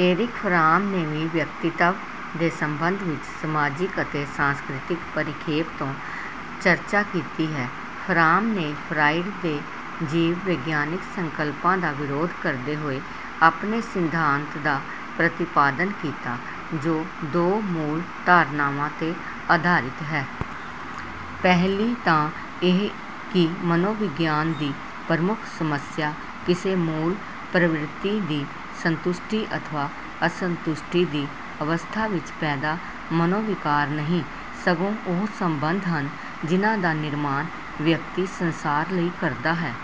Eric from ਨੇ ਵੀ ਵਿਅਕਤਿਤਵ ਦੇ ਸੰਬੰਧ ਵਿੱਚ ਸਮਾਜਿਕ ਅਤੇ ਸਾਂਸਕ੍ਰਿਤਕ ਪਰਿਪੇਖ ਤੋਂ ਚਰਚਾ ਕੀਤੀ ਹੈ। ਫਰਾਮ ਨੇ ਫਰਾਇਡ ਦੇ ਜੀਵ ਵਿਗਿਆਨਕ ਸੰਕਲਪਾਂ ਦਾ ਵਿਰੋਧ ਕਰਦੇ ਹੋਏ ਆਪਣੇ ਸਿਧਾਂਤ ਦਾ ਪ੍ਰਤੀਪਾਦਨ ਕੀਤਾ ਜੋ ਦੋ ਮੂਲ ਧਾਰਨਾਵਾਂ ਤੇ ਆਧਾਰਿਤ ਹੈ। ਪਹਿਲੀ ਤਾਂ ਇਹ ਕਿ ਮਨੋਵਿਗਿਆਨ ਦੀ ਪ੍ਰਮੁੱਖ ਸਮੱਸਿਆ ਕਿਸੇ ਮੂਲ ਪ੍ਰਵਿਰਤੀ ਦੀ ਸੰਤੁਸ਼ਟੀ ਅਥਵਾ ਅਸੰਤੁਸ਼ਟੀ ਦੀ ਅਵਸਥਾ ਵਿੱਚ ਪੈਦਾ ਮਨੋਵਿਕਾਰ ਨਹੀਂ, ਸਗੋਂ ਉਹ ਸੰਬੰਧ ਹਨ ਜਿਨ੍ਹਾਂ ਦਾ ਨਿਰਮਾਣ ਵਿਅਕਤੀ ਸੰਸਾਰ ਲਈ ਕਰਦਾ ਹੈ।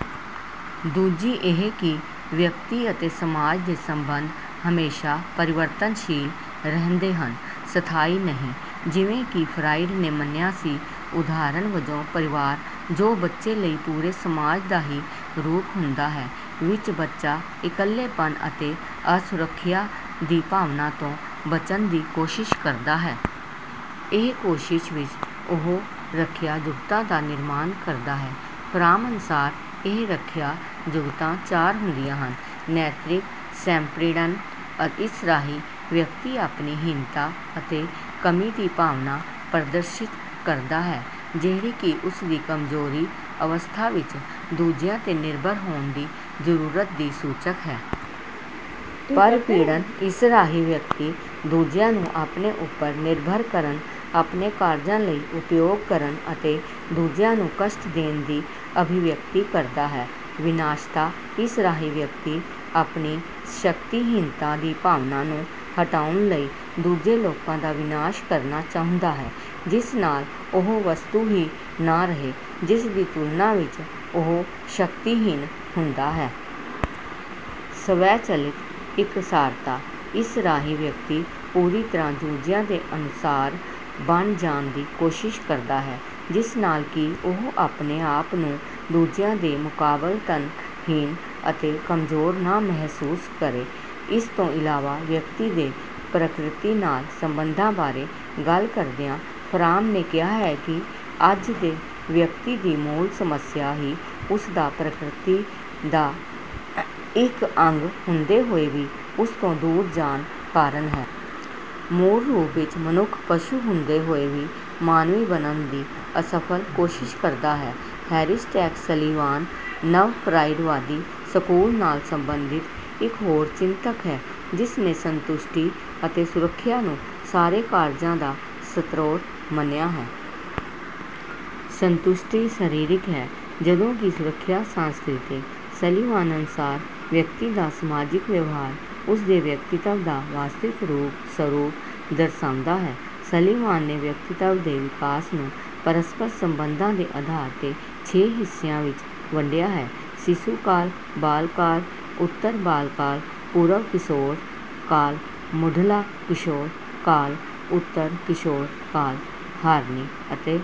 ਦੂਜੀ ਇਹ ਕਿ ਵਿਅਕਤੀ ਅਤੇ ਸਮਾਜ ਦੇ ਸੰਬੰਧ ਹਮੇਸ਼ਾਂ ਪਰਿਵਰਤਨਸ਼ੀਲ ਰਹਿੰਦੇ ਹਨ, ਸਥਾਈ ਨਹੀਂ ਜਿਵੇਂ ਕਿ ਫਰਾਇਡ ਨੇ ਮੰਨਿਆ ਸੀ। ਉਦਾਹਰਣ ਵਜੋਂ ਪਰਿਵਾਰ, ਜੋ ਬੱਚੇ ਲਈ ਪੂਰੇ ਸਮਾਜ ਦਾ ਹੀ ਰੂਪ ਹੁੰਦਾ ਹੈ, ਵਿੱਚ ਬੱਚਾ ਇਕੱਲੇਪਨ ਅਤੇ ਅਸੁਰੱਖਿਆ ਦੀ ਭਾਵਨਾ ਤੋਂ ਬਚਣ ਦੀ ਕੋਸ਼ਿਸ਼ ਕਰਦਾ ਹੈ। ਇਸ ਕੋਸ਼ਿਸ਼ ਵਿੱਚ ਉਹ ਰੱਖਿਆ-ਜੁਗਤਾਂ ਦਾ ਨਿਰਮਾਣ ਕਰਦਾ ਹੈ। ਫਰਾਮ ਅਨੁਸਾਰ ਇਹ ਰੱਖਿਆ ਜੁਗਤਾਂ ਚਾਰ ਹੁੰਦੀਆਂ ਹਨ: ਨੈਤਿਕ-ਸ੍ਵੈਂਪੀੜਨ, ਇਸ ਰਾਹੀਂ ਵਿਅਕਤੀ ਆਪਣੀ ਹੀਨਤਾ ਅਤੇ ਕਮੀ ਦੀ ਭਾਵਨਾ ਪ੍ਰਦਰਸ਼ਿਤ ਕਰਦਾ ਹੈ ਜਿਹੜੀ ਕਿ ਉਸਦੀ ਕਮਜ਼ੋਰੀ ਅਵਸਥਾ ਵਿੱਚ ਦੂਜਿਆਂ ਤੇ ਨਿਰਭਰ ਹੋਣ ਦੀ ਜ਼ਰੂਰਤ ਦੀ ਸੂਚਕ ਹੈ। ਪਰਪੀੜਨ, ਇਸ ਰਾਹੀਂ ਵਿਅਕਤੀ ਦੂਜਿਆਂ ਨੂੰ ਆਪਣੇ ਉਪਰ ਨਿਰਭਰ ਕਰਨ, ਆਪਣੇ ਕਾਰਜਾਂ ਲਈ ਉਪਯੋਗ ਕਰਨ ਅਤੇ ਦੂਜਿਆਂ ਨੂੰ ਕਸ਼ਟ ਦੇਣ ਦੀ ਅਭਿਵਿਅਕਤੀ ਕਰਦਾ ਹੈ। ਵਿਨਾਸ਼ਤਾ, ਇਸ ਰਾਹੀਂ ਵਿਅਕਤੀ ਆਪਣੀ ਸ਼ਕਤੀਹੀਨਤਾ ਦੀ ਭਾਵਨਾ ਨੂੰ ਹਟਾਉਣ ਲਈ ਦੂਜੇ ਲੋਕਾਂ ਦਾ ਵਿਨਾਸ਼ ਕਰਨਾ ਚਾਹੁੰਦਾ ਹੈ ਜਿਸ ਨਾਲ ਉਹ ਵਸਤੂ ਹੀ ਨਾ ਰਹੇ ਜਿਸਦੀ ਤੁਲਨਾ ਵਿੱਚ ਉਹ ਸ਼ਕਤੀਹੀਨ ਹੁੰਦਾ ਹੈ। ਸਵੈ ਚਾਲਿਤ-ਇਕਸਾਰਤਾ, ਇਸ ਰਾਹੀਂ ਵਿਅਕਤੀ ਪੂਰੀ ਤਰ੍ਹਾਂ ਦੂਜਿਆਂ ਦੇ ਅਨੁਸਾਰ ਬਣ ਜਾਣ ਦੀ ਕੋਸ਼ਿਸ਼ ਕਰਦਾ ਹੈ ਜਿਸ ਨਾਲ ਕਿ ਉਹ ਆਪਣੇ ਆਪ ਨੂੰ ਦੂਜਿਆਂ ਦੇ ਮੁਕਾਬਲਤਨ ਹੀਨ ਅਤੇ ਕਮਜ਼ੋਰ ਨਾ ਮਹਿਸੂਸ ਕਰੇ। ਇਸ ਤੋਂ ਇਲਾਵਾ ਵਿਅਕਤੀ ਦੇ ਪ੍ਰਕਿਰਤੀ ਨਾਲ ਸੰਬੰਧਾਂ ਬਾਰੇ ਗੱਲ ਕਰਦਿਆਂ ਫਰਾਮ ਨੇ ਕਿਹਾ ਹੈ ਕਿ ਅੱਜ ਦੇ ਵਿਅਕਤੀ ਦੀ ਮੂਲ ਸਮੱਸਿਆ ਹੀ ਉਸਦਾ ਪ੍ਰਕ੍ਰਿਤੀ ਦਾ ਇੱਕ ਅੰਗ ਹੁੰਦੇ ਹੋਏ ਵੀ ਉਸਤੋਂ ਦੂਰ ਜਾਣ ਕਾਰਨ ਹੈ। ਮੂਲ ਰੂਪ ਵਿੱਚ ਮਨੁੱਖ ਪਸ਼ੂ ਹੁੰਦੇ ਹੋਏ ਵੀ ਮਾਨਵੀ ਬਣਨ ਦੀ ਅਸਫਲ ਕੋਸ਼ਿਸ਼ ਕਰਦਾ ਹੈ। ਹੈਰੀਸਟੈਕ ਸਲੀਵਾਨ ਨਵ-ਫਰਾਇਡਵਾਦੀ ਸਕੂਲ ਨਾਲ ਸੰਬੰਧਿਤ ਇੱਕ ਹੋਰ ਚਿੰਤਕ ਹੈ ਜਿਸਨੇ ਸੰਤੁਸ਼ਟੀ ਅਤੇ ਸੁਰੱਖਿਆ ਨੂੰ ਸਾਰੇ ਕਾਰਜਾਂ ਦਾ ਸ੍ਰੋਤ ਮੰਨਿਆ ਹੈ। ਸੰਤੁਸ਼ਟੀ ਸਰੀਰਕ ਹੈ ਜਦੋਂ ਕਿ ਸੁਰੱਖਿਆ ਸਾਂਸਕ੍ਰਿਤਕ। ਸਲੀਵਾਨ ਅਨੁਸਾਰ ਵਿਅਕਤੀ ਦਾ ਸਮਾਜਿਕ ਵਿਵਹਾਰ ਉਸਦੇ ਵਿਅਕਤਿਤਵ ਦਾ ਵਾਸਤਵਿਕ ਸਰੂਪ ਦਰਸਾਉਂਦਾ ਹੈ। ਸਲੀਵਾਨ ਨੇ ਵਿਅਕਤਿਤਵ ਦੇ ਵਿਕਾਸ ਨੂੰ ਪਰਸਪਰ ਸੰਬੰਧਾਂ ਦੇ ਆਧਾਰ ਤੇ ਛੇ ਹਿੱਸਿਆਂ ਵਿੱਚ ਵੰਡਿਆ ਹੈ: ਸਿਸੂ ਕਾਲ, ਬਾਲਕਾਲ, ਉੱਤਰ ਬਾਲਕਾਲ, ਪੂਰਵ ਕਿਸ਼ੋਰ ਕਾਲ, ਮੁੱਢਲਾ ਕਿਸ਼ੋਰ ਕਾਲ, ਉੱਤਰ ਕਿਸ਼ੋਰ ਕਾਲ। ਹਾਰਨੀ ਅਤੇ